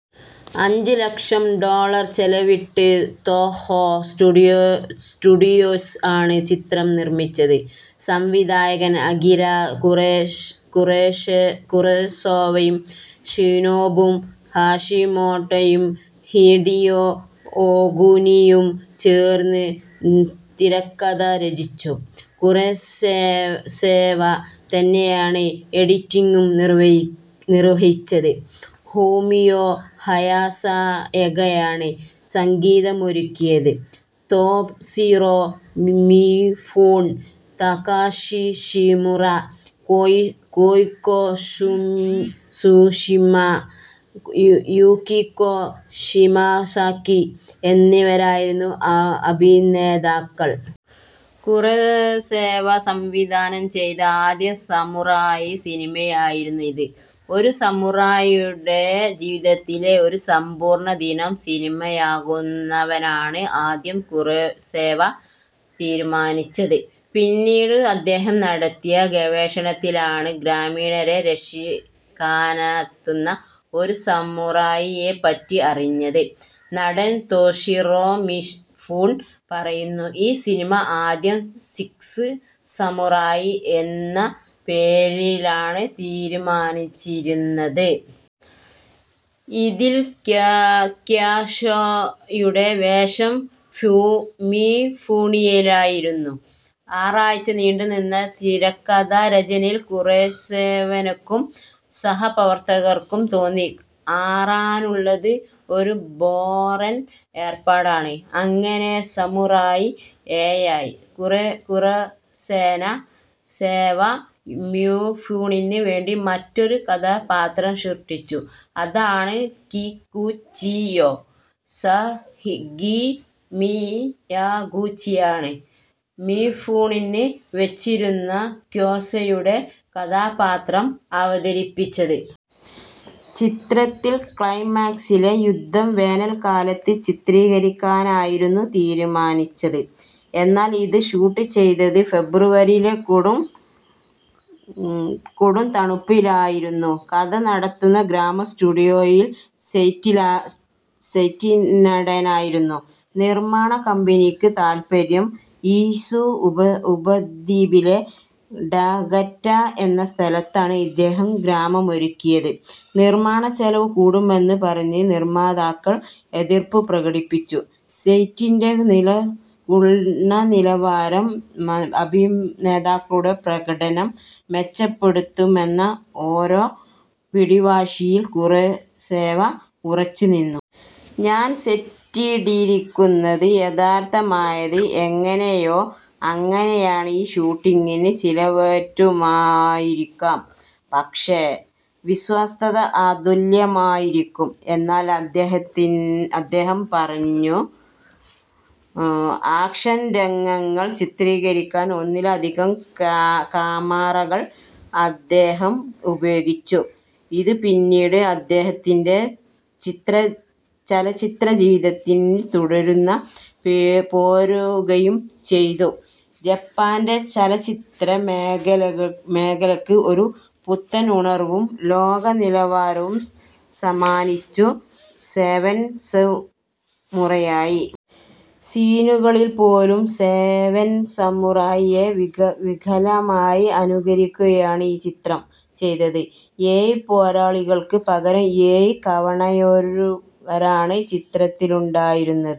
അഞ്ചുലക്ഷം ഡോളർ ചിലവിട്ട് Toho studios ആണ് ചിത്രം നിർമിച്ചത്. സംവിധായകൻ അകിര കുറസോവയും ഷിനോബു ഹാഷിമോട്ടോയും ഹിഡിയോ ഒഗുനിയും ചേർന്ന് തിരക്കഥ രചിച്ചു. കുറസോവ തന്നെയാണ് എഡിറ്റിംഗും നിർവഹിച്ചത്. ഫുമിയോ ഹയാസാകയാണ് സംഗീതമൊരുക്കിയത്. Toshiro Mifune, Takashi Shimura, Keiko Tsushima, Yukiko Shimazaki എന്നിവരായിരുന്നു അഭിനേതാക്കൾ. കുറസോവ സംവിധാനം ചെയ്ത ആദ്യ സമുറായ് സിനിമയായിരുന്നു ഇത്. ഒരു സമുറായിയുടെ ജീവിതത്തിലെ ഒരു സമ്പൂർണദിനം സിനിമയാക്കുവാനാണ് ആദ്യം കുറസോവ തീരുമാനിച്ചത്. പിന്നീട് അദ്ദേഹം നടത്തിയ ഗവേഷണത്തിലാണ് ഗ്രാമീണരെ രക്ഷിക്കാനെത്തുന്ന ഒരു സമുറായിയെപ്പറ്റി അറിഞ്ഞത്. നടൻ തോഷിറോ മിഫ്യൂൺ പറയുന്നു: ഈ സിനിമ ആദ്യം സിക്സ് സമുറായി എന്ന പേരാണ് തീരുമാനിച്ചിരുന്നത്. അതിൽ ക്യോസോയുടെ വേഷം മിഫ്യൂണിനായിരുന്നു. ആറാഴ്ച നീണ്ടു നിന്ന തിരക്കഥാ രചനയിൽ കുറസോവയ്ക്കും സഹപ്രവർത്തകർക്കും തോന്നി. ആറെന്നുള്ളത് ഒരു ബോറൻ ഏർപ്പാടാണ്. അങ്ങനെ സമുറായ് ഏഴായി. കുറസോവ മിഫ്യൂണിന് വേണ്ടി മറ്റൊരു കഥാപാത്രം സൃഷ്ടിച്ചു. അതാണ് കികുചിയോ. സെഗി മിയാഗുചിയാണ് മിഫൂണിന് വച്ചിരുന്ന ക്യോസോയുടെ കഥാപാത്രം അവതരിപ്പിച്ചത്. ചിത്രത്തിന്റെ ക്ലൈമാക്സിലെ യുദ്ധം വേനൽക്കാലത്ത് ചിത്രീകരിക്കാനായിരുന്നു തീരുമാനിച്ചത്. എന്നാൽ, ഇത് ഷൂട്ട് ചെയ്തത് ഫെബ്രുവരിയിലെ കൊടുംതണുപ്പിലായിരുന്നു. കഥ നടക്കുന്ന ഗ്രാമം സ്റ്റുഡിയോയിൽ സെറ്റിടാനായിരുന്നു നിർമ്മാണകമ്പനിയ്ക്ക് താൽപര്യം. ഇസു ഉപദ്വീപിലെ ടഗാറ്റ എന്ന സ്ഥലത്താണ് അദ്ദേഹം ഗ്രാമമൊരുക്കിയത്. നിർമ്മാണചെലവ് കൂടുമെന്നു പറഞ്ഞ് നിർമാതാക്കൾ എതിർപ്പു പ്രകടിപ്പിച്ചു. സെറ്റിന്റെ ഗുണനിലവാരം അഭിനേതാക്കളുടെ പ്രകടനം മെച്ചപ്പെടുത്തുമെന്ന ഒരേ പിടിവാശിയിൽ കുറസോവ ഉറച്ചു നിന്നു. ഞാൻ സെറ്റിട്ടിരിക്കുന്നത് യഥാർഥമായത് എങ്ങനെയോ അങ്ങനെയാണ്. ഇത് ഷൂട്ടിംഗിന് ചിലവേറ്റുമായിരിക്കാം. പക്ഷേ, വിശ്വാസ്യത അതുല്യമായിരിക്കും എന്നും അദ്ദേഹം പറഞ്ഞു. ആക്ഷൻ രംഗങ്ങൾ ചിത്രീകരിക്കാൻ ഒന്നിലധികം കാമറകൾ അദ്ദേഹം ഉപയോഗിച്ചു. ഇതു പിന്നീട് അദ്ദേഹത്തിന്റെ ചലച്ചിത്രജീവിതത്തിൽ തുടർന്നു പോരുകയും ചെയ്തു. ജപ്പാന്റെ ചലച്ചിത്ര മേഖലയ്ക്ക് ഒരു പുത്തനുണർവും ലോകനിലവാരവും സമ്മാനിച്ചു സെവൻസമുറായി. സീനുകളിൽപ്പോലും സെവൻസമുറായിയെ വികലമായി അനുകരിക്കുകയാണ് ഈ ചിത്രം ചെയ്തത്. ഏഴുപോരാളികൾക്ക് പകരം ഏഴു കവണയേറുകാരാണ് ചിത്രത്തിലുണ്ടായിരുന്നത്.